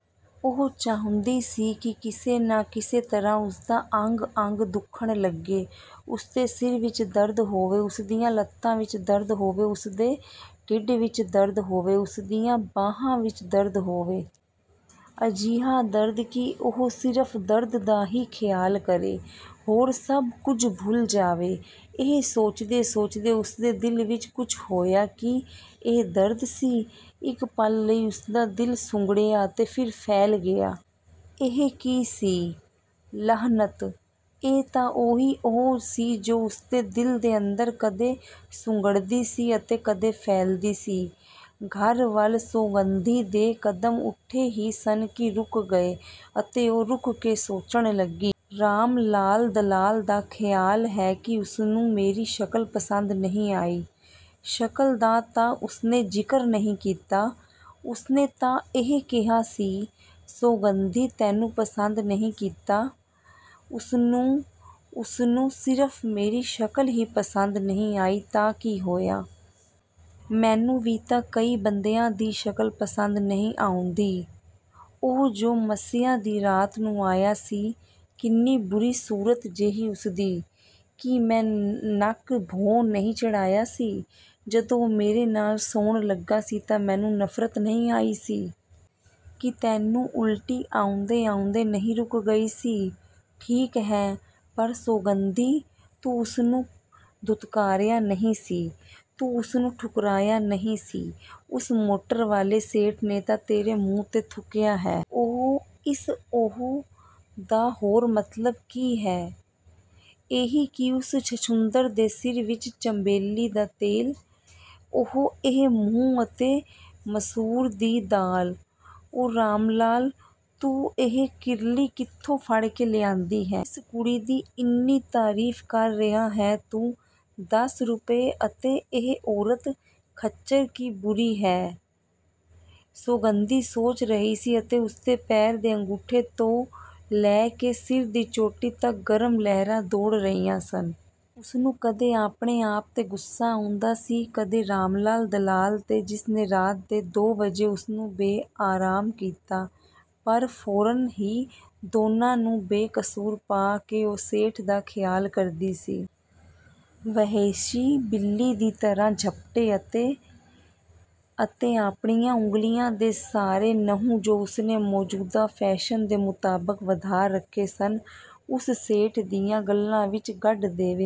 ਉਹ ਚਾਹੁੰਦੀ ਸੀ ਕਿ ਕਿਸੇ ਨਾ ਕਿਸੇ ਤਰ੍ਹਾਂ ਉਸਦਾ ਅੰਗ ਅੰਗ ਦੁੱਖਣ ਲੱਗੇ। ਉਸਦੇ ਸਿਰ ਵਿੱਚ ਦਰਦ ਹੋਵੇ, ਉਸਦੀਆਂ ਲੱਤਾਂ ਵਿੱਚ ਦਰਦ ਹੋਵੇ, ਉਸਦੇ ਢਿੱਡ ਵਿੱਚ ਦਰਦ ਹੋਵੇ, ਉਸਦੀਆਂ ਬਾਹਾਂ ਵਿੱਚ ਦਰਦ ਹੋਵੇ। ਅਜਿਹਾ ਦਰਦ ਕਿ ਉਹ ਸਿਰਫ ਦਰਦ ਦਾ ਹੀ ਖਿਆਲ ਕਰੇ, ਹੋਰ ਸਭ ਕੁਝ ਭੁੱਲ ਜਾਵੇ। ਇਹ ਸੋਚਦੇ ਸੋਚਦੇ ਉਸਦੇ ਦਿਲ ਵਿੱਚ ਕੁਝ ਹੋਇਆ। ਕੀ ਇਹ ਦਰਦ ਸੀ? ਇੱਕ ਪਲ ਲਈ ਉਸਦਾ ਦਿਲ ਸੁੰਗੜਿਆ ਅਤੇ ਫਿਰ ਫੈਲ ਗਿਆ। ਇਹ ਕੀ ਸੀ? ਲਾਹਨਤ! ਇਹ ਤਾਂ ਉਹੀ ਊਂਹ ਸੀ ਜੋ ਉਸਦੇ ਦਿਲ ਦੇ ਅੰਦਰ ਕਦੇ ਸੁੰਗੜਦੀ ਸੀ ਅਤੇ ਕਦੇ ਫੈਲਦੀ ਸੀ। ਘਰ ਵੱਲ ਸੌਗੰਧੀ ਦੇ ਕਦਮ ਉੱਠੇ ਹੀ ਸਨ ਕਿ ਰੁਕ ਗਏ ਅਤੇ ਉਹ ਰੁਕ ਕੇ ਸੋਚਣ ਲੱਗੀ। ਰਾਮ ਲਾਲ ਦਲਾਲ ਦਾ ਖਿਆਲ ਹੈ ਕਿ ਉਸਨੂੰ ਮੇਰੀ ਸ਼ਕਲ ਪਸੰਦ ਨਹੀਂ ਆਈ। ਸ਼ਕਲ ਦਾ ਤਾਂ ਉਸਨੇ ਜ਼ਿਕਰ ਨਹੀਂ ਕੀਤਾ। ਉਸਨੇ ਤਾਂ ਇਹ ਕਿਹਾ ਸੀ, ਸੌਗੰਧੀ ਤੈਨੂੰ ਪਸੰਦ ਨਹੀਂ ਕੀਤਾ। ਉਸਨੂੰ, ਉਸਨੂੰ, ਸਿਰਫ ਮੇਰੀ ਸ਼ਕਲ ਹੀ ਪਸੰਦ ਨਹੀਂ ਆਈ ਤਾਂ ਕੀ ਹੋਇਆ? ਮੈਨੂੰ ਵੀ ਤਾਂ ਕਈ ਬੰਦਿਆਂ ਦੀ ਸ਼ਕਲ ਪਸੰਦ ਨਹੀਂ ਆਉਂਦੀ। ਉਹ ਜੋ ਮੱਸਿਆ ਦੀ ਰਾਤ ਨੂੰ ਆਇਆ ਸੀ, ਕਿੰਨੀ ਬੁਰੀ ਸੂਰਤ ਜਿਹੀ ਉਸਦੀ। ਕੀ ਮੈਂ ਨੱਕ ਭੋਂ ਨਹੀਂ ਚੜ੍ਹਾਇਆ ਸੀ? ਜਦੋਂ ਉਹ ਮੇਰੇ ਨਾਲ ਸੌਣ ਲੱਗਾ ਸੀ ਤਾਂ ਮੈਨੂੰ ਨਫਰਤ ਨਹੀਂ ਆਈ ਸੀ? ਕੀ ਮੈਨੂੰ ਉਲਟੀ ਆਉਂਦੇ ਆਉਂਦੇ ਨਹੀਂ ਰੁਕ ਗਈ ਸੀ? ਠੀਕ ਹੈ, ਪਰ ਸੌਗੰਧੀ, ਤੂੰ ਉਸਨੂੰ ਧੁਤਕਾਰਿਆ ਨਹੀਂ ਸੀ। ਤੂੰ ਉਸਨੂੰ ਠੁਕਰਾਇਆ ਨਹੀਂ ਸੀ। ਉਸ ਮੋਟਰ ਵਾਲੇ ਸੇਠ ਨੇ ਤਾਂ ਤੇਰੇ ਮੂੰਹ ਤੇ ਥੁੱਕਿਆ ਹੈ। ਊਂਹ। ਇਸ ਊਂਹ ਦਾ ਹੋਰ ਮਤਲਬ ਹੀ ਕੀ ਹੈ? ਇਹੀ ਕਿ ਇਸ ਛੱਛੂੰਦਰ ਦੇ ਸਿਰ ਵਿੱਚ ਚੰਬੇਲੀ ਦਾ ਤੇਲ, ਉਹ, ਇਹ ਮੂੰਹ ਅਤੇ ਮਸੂਰ ਦੀ ਦਾਲ। ਓਏ ਰਾਮਲਾਲ, ਤੂੰ ਇਹ ਕਿਰਲੀ ਕਿੱਥੋਂ ਫੜ ਕੇ ਲਿਆਂਦੀ ਹੈ? ਇਸ ਕੁੜੀ ਦੀ ਇੰਨੀ ਤਾਰੀਫ ਕਰ ਰਿਹਾ ਹੈ ਤੂੰ, ਦਸ ਰੁਪਏ ਅਤੇ ਇਹ ਔਰਤ ਖੱਚਰ ਕੀ ਬੁਰੀ ਹੈ। ਸੌਗੰਧੀ ਸੋਚ ਰਹੀ ਸੀ ਅਤੇ ਉਸਦੇ ਪੈਰ ਦੇ ਅੰਗੂਠੇ ਤੋਂ ਲੈ ਕੇ ਸਿਰ ਦੀ ਚੋਟੀ ਤੱਕ ਗਰਮ ਲਹਿਰਾਂ ਦੌੜ ਰਹੀਆਂ ਸਨ। ਉਸਨੂੰ ਕਦੇ ਆਪਣੇ ਆਪ ਤੇ ਗੁੱਸਾ ਆਉਂਦਾ ਸੀ, ਕਦੇ ਰਾਮਲਾਲ ਦਲਾਲ ਤੇ ਜਿਸ ਨੇ ਰਾਤ ਦੇ ਦੋ ਵਜੇ ਉਸਨੂੰ ਬੇਆਰਾਮ ਕੀਤਾ। ਪਰ ਫੌਰਨ ਹੀ ਦੋਨਾਂ ਨੂੰ ਬੇਕਸੂਰ ਪਾ ਕੇ ਉਹ ਸੇਠ ਦਾ ਖਿਆਲ ਕਰਦੀ ਸੀ। ਵਹਿਸ਼ੀ ਬਿੱਲੀ ਦੀ ਤਰ੍ਹਾਂ ਝਪਟੇ ਅਤੇ, ਅਤੇ ਆਪਣੀਆਂ ਉਂਗਲੀਆਂ ਦੇ ਸਾਰੇ ਨਹੁੰ ਜੋ ਉਸਨੇ ਮੌਜੂਦਾ ਫੈਸ਼ਨ ਦੇ ਮੁਤਾਬਕ ਵਧਾ ਰੱਖੇ ਸਨ, ਉਸ ਸੇਠ ਦੀਆਂ ਗੱਲਾਂ ਵਿੱਚ ਗੱਡ ਦੇਵੇ।